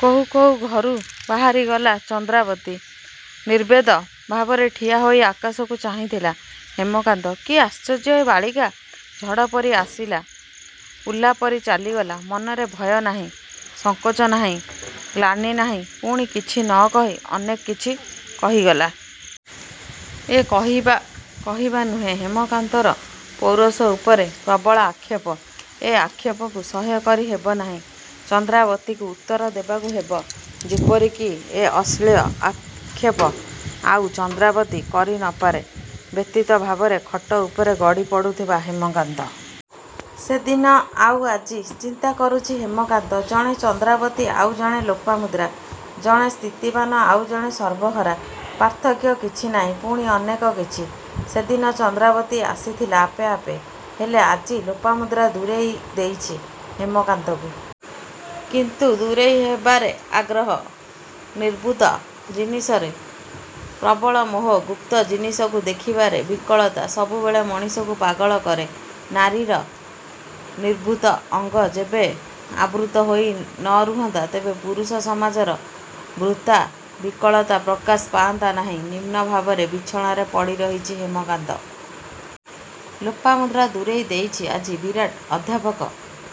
କହୁ କହୁ ଘରୁ ବାହାରିଗଲା ଚନ୍ଦ୍ରାବତୀ। ନିର୍ବେଦ ଭାବରେ ଠିଆ ହୋଇ ଆକାଶକୁ ଚାହିଁଥିଲା ହେମକାନ୍ତ। କି ଆଶ୍ଚର୍ଯ୍ୟ ଏ ବାଳିକା? ଝଡ଼ ପରି ଆସିଲା.. ଉଲ୍କା ପରି ଚାଲିଗଲା। ମନରେ ଭୟ ନାହିଁ, ସଙ୍କୋଚ ନାହିଁ, ଗ୍ଳାନି ନାହିଁ। ପୁଣି କିଛି ନ କହି ଅନେକ କିଛି କହିଗଲା। ଏ କହିବା କହିବା ନୁହେଁ, ହେମକାନ୍ତର ପୌରୁଷ ଉପରେ ପ୍ରବଳ ଆକ୍ଷେପ। ଏ ଆକ୍ଷେପକୁ ସହ୍ୟ କରି ହେବ ନାହିଁ। ଚନ୍ଦ୍ରାବତୀକୁ ଉତ୍ତର ଦେବାକୁ ହେବ। ଯେପରି କି ଏ ଅଶ୍ଳୀଳ ଆକ୍ଷେପ ଆଉ ଚନ୍ଦ୍ରାବତୀ କରି ନ ପାରେ। ବ୍ୟଥିତ ଭାବରେ ଖଟ ଉପରେ ଗଡ଼ି ପଡ଼ିଥିବା ହେମକାନ୍ତ..। ସେ ଦିନ ଆଉ ଆଜି। ଚିନ୍ତା କରୁଛି ହେମକାନ୍ତ। ଜଣେ ଚନ୍ଦ୍ରାବତୀ ଆଉ ଜଣେ ଲୋପାମୁଦ୍ରା, ଜଣେ ସ୍ଥିତିବାନ ଆଉ ଜଣେ ସର୍ବହରା। ପାର୍ଥକ୍ୟ କିଛି ନାହିଁ, ପୁଣି ଅନେକ କିଛି। ସେ ଦିନ ଚନ୍ଦ୍ରାବତୀ ଆସିଥିଲା ଆପେ ଆପେ। ହେଲେ ଆଜି ଲୋପାମୁଦ୍ରା ଦୂରେଇ ଦେଇଛି ହେମକାନ୍ତକୁ। କିନ୍ତୁ ଦୂରେଇ ହେବାରେ ଆଗ୍ରହ। ନିଭୃତ ଜିନିଷରେ ପ୍ରବଳ ମୋହ, ଗୁପ୍ତ ଜିନିଷକୁ ଦେଖିବାରେ ବିକଳତା ସବୁବେଳେ ମଣିଷକୁ ପାଗଳ କରେ। ନାରୀର ନିଭୃତ ଅଙ୍ଗ ଯେବେ ଆବୃତ ହୋଇ ନ ରୁହନ୍ତା ତେବେ ପୁରୁଷ ସମାଜର ବୃଥା ବିକଳତା ପ୍ରକାଶ ପାଆନ୍ତା ନାହିଁ। ନିମ୍ନ ଭାବରେ ବିଛଣାରେ ପଡ଼ି ରହିଛି ହେମକାନ୍ତ। ଲୋପାମୁଦ୍ରା ଦୂରେଇ ଦେଇଛି। ଆଜି ବିରାଟ ଅଧ୍ୟାପକ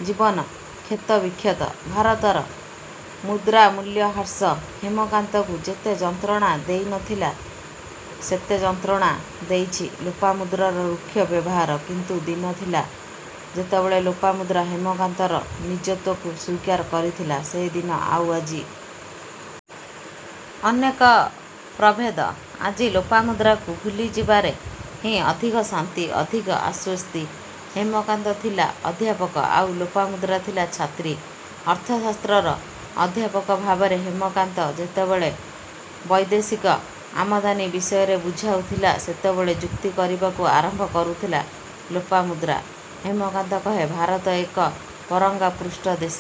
ଜୀବନ କ୍ଷତବିକ୍ଷତ। ଭାରତର ମୁଦ୍ରାମୂଲ୍ୟ ହ୍ରାସ ହେମକାନ୍ତକୁ ଯେତେ ଯନ୍ତ୍ରଣା ଦେଇ ନ ଥିଲା, ସେତେ ଯନ୍ତ୍ରଣା ଦେଇଛି ଲୋପାମୁଦ୍ରାର ରୁକ୍ଷ ବ୍ୟବହାର। କିନ୍ତୁ ଦିନ ଥିଲା, ଯେତେବେଳେ ଲୋପାମୁଦ୍ରା ହେମକାନ୍ତର ନିଜତ୍ୱକୁ ସ୍ୱୀକାର କରିଥିଲା। ସେ ଦିନ ଆଉ ଆଜି.. ଅନେକ ପ୍ରଭେଦ। ଆଜି ଲୋପାମୁଦ୍ରାକୁ ଭୁଲିଯିବାରେ ହିଁ ଅଧିକ ଶାନ୍ତି, ଅଧିକ ଆଶ୍ୱସ୍ତି। ହେମକାନ୍ତ ଥିଲା ଅଧ୍ୟାପକ ଆଉ ଲୋପାମୁଦ୍ରା ଥିଲା ଛାତ୍ରୀ। ଅର୍ଥଶାସ୍ତ୍ରର ଅଧ୍ୟାପକ ଭାବରେ ହେମକାନ୍ତ ଯେତେବେଳେ ବୈଦେଶିକ ଆମଦାନୀ ବିଷୟରେ ବୁଝାଉଥିଲା-ସେତେବେଳେ ଯୁକ୍ତି କରିବାକୁ ଆରମ୍ଭ କରୁଥିଲା ଲୋପାମୁଦ୍ରା। ହେମକାନ୍ତ କହେ-ଭାରତ ଏକ ପରାଙ୍ଗପୃଷ୍ଟ ଦେଶ।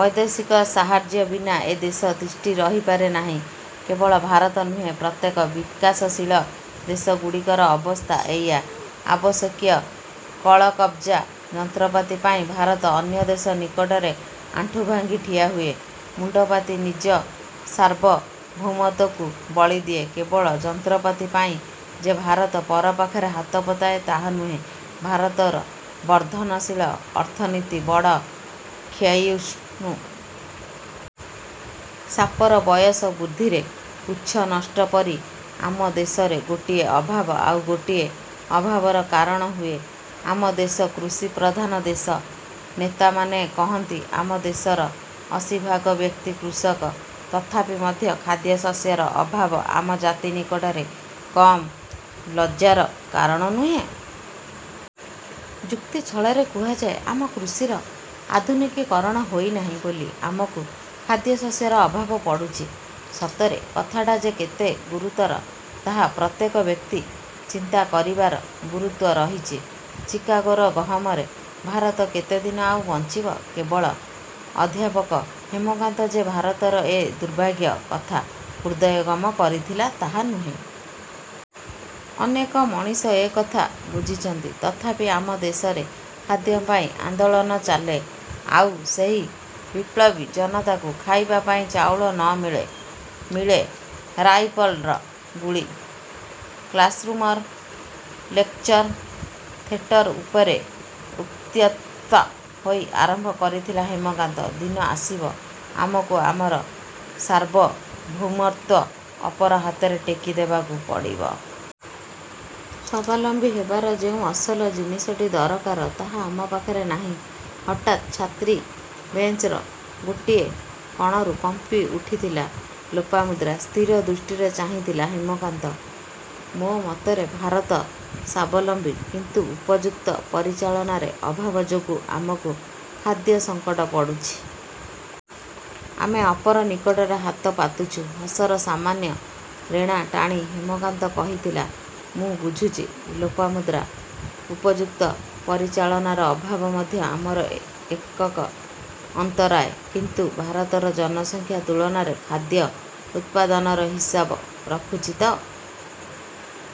ବୈଦେଶିକ ସାହାର୍ଯ୍ୟ ବିନା ଏ ଦେଶ ତିଷ୍ଠି ରହିପାରେ ନାହିଁ। କେବଳ ଭାରତ ନୁହେଁ-ପ୍ରତ୍ୟେକ ବିକାଶଶୀଳ ଦେଶଗୁଡ଼ିକର ଅବସ୍ଥା ଏଇଆ। ଆବଶ୍ୟକୀୟ କଳକବ୍ଜା, ଯନ୍ତ୍ରପାତି ପାଇଁ ଭାରତ ଅନ୍ୟ ଦେଶ ନିକଟରେ ଆଣ୍ଠୁ ଭାଙ୍ଗି ଠିଆ ହୁଏ। ମୁଣ୍ଡପାତି ନିଜ ସାର୍ବଭୌମତ୍ୱକୁ ବଳିଦିଏ। କେବଳ ଯନ୍ତ୍ରପାତି ପାଇଁ ଯେ ଭାରତ ପର ପାଖରେ ହାତ ପତାଏ ତାହା ନୁହେଁ, ଭାରତର ବର୍ଦ୍ଧନଶୀଳ ଅର୍ଥନୀତି ବଡ଼ କ୍ଷୟିଷ୍ଣୁ। ସାପର ବୟସ ବୃଦ୍ଧିରେ ପୃଚ୍ଛ ନଷ୍ଟ ପରି ଆମ ଦେଶରେ ଗୋଟିଏ ଅଭାବ ଆଉ ଗୋଟିଏ ଅଭାବର କାରଣ ହୁଏ। ଆମ ଦେଶ କୃଷିପ୍ରଧାନ ଦେଶ। ନେତାମାନେ କହନ୍ତି ଆମ ଦେଶର ଅଶୀଭାଗ ବ୍ୟକ୍ତି କୃଷକ। ତଥାପି ମଧ୍ୟ ଖାଦ୍ୟଶସ୍ୟର ଅଭାବ ଆମ ଜାତି ନିକଟରେ କମ୍ ଲଜ୍ଜାର କାରଣ ନୁହେଁ। ଯୁକ୍ତି ଛଳରେ କୁହାଯାଏ-ଆମ କୃଷିର ଆଧୁନିକୀକରଣ ହୋଇ ନାହିଁ ବୋଲି ଆମକୁ ଖାଦ୍ୟଶସ୍ୟର ଅଭାବ ପଡ଼ୁଛି। ସତରେ କଥାଟା ଯେ କେତେ ଗୁରୁତର, ତାହା ପ୍ରତ୍ୟେକ ବ୍ୟକ୍ତି ଚିନ୍ତା କରିବାର ଗୁରୁତ୍ୱ ରହିଛି। ଚିକାଗୋର ଗହମରେ ଭାରତ କେତେ ଦିନ ଆଉ ବଞ୍ଚିବ? କେବଳ ଅଧ୍ୟାପକ ହେମକାନ୍ତ ଯେ ଭାରତର ଏ ଦୁର୍ଭାଗ୍ୟ କଥା ହୃଦୟଙ୍ଗମ କରିଥିଲା ତା' ନୁହେଁ। ଅନେକ ମଣିଷ ଏ କଥା ବୁଝିଛନ୍ତି। ତଥାପି ଆମ ଦେଶରେ ଖାଦ୍ୟପାଇଁ ଆନ୍ଦୋଳନ ଚାଲେ। ଆଉ ସେହି ବିଳ୍ପବୀ ଜନତାକୁ ଖାଇବା ପାଇଁ ଚାଉଳ ନ ମିଳେ, ମିଳେ ରାଇଫଲ୍ର ଗୁଳି। କ୍ଲାସ୍ରୁମର ଲେକ୍ଚର ଥେଟର ଉପରେ ଉତ୍ତ୍ୟକ୍ତ ହୋଇ ଆରମ୍ଭ କରିଥିଲା ହେମକାନ୍ତ- ଦିନ ଆସିବ, ଆମକୁ ଆମର ସାର୍ବଭୌମତ୍ୱ ଅପର ହାତରେ ଟେକିଦେବାକୁ ପଡ଼ିବ। ସ୍ୱାବଲମ୍ବୀ ହେବାର ଯେଉଁ ଅସଲ ଜିନିଷଟି ଦରକାର, ତାହା ଆମ ପାଖରେ ନାହିଁ। ହଠାତ୍ ଛାତ୍ରୀ ବେଞ୍ଚର ଗୋଟାଏ କଣରୁ କମ୍ପି ଉଠିଥିଲା ଲୋପାମୁଦ୍ରା। ସ୍ଥିର ଦୃଷ୍ଟିରେ ଚାହିଁଥିଲା ହେମକାନ୍ତ। -ମୋ ମତରେ ଭାରତ ସ୍ୱାବଲମ୍ବୀ। କିନ୍ତୁ ଉପଯୁକ୍ତ ପରିଚାଳନାରେ ଅଭାବ ଯୋଗୁଁ ଆମକୁ ଖାଦ୍ୟସଙ୍କଟ ପଡ଼ୁଛି। ଆମେ ଅପର ନିକଟରେ ହାତ ପାତୁଛୁ। ହସର ସାମାନ୍ୟ ରେଖା ଟାଣି ହେମକାନ୍ତ କହିଥିଲା ମୁଁ ବୁଝୁଛି ଲୋପମୁଦ୍ରା। ଉପଯୁକ୍ତ ପରିଚାଳନାର ଅଭାବ ମଧ୍ୟ ଆମର ଏକକ ଅନ୍ତରାୟ। କିନ୍ତୁ ଭାରତର ଜନସଂଖ୍ୟା ତୁଳନାରେ ଖାଦ୍ୟ ଉତ୍ପାଦନର ହିସାବ ରଖିଛି ତ?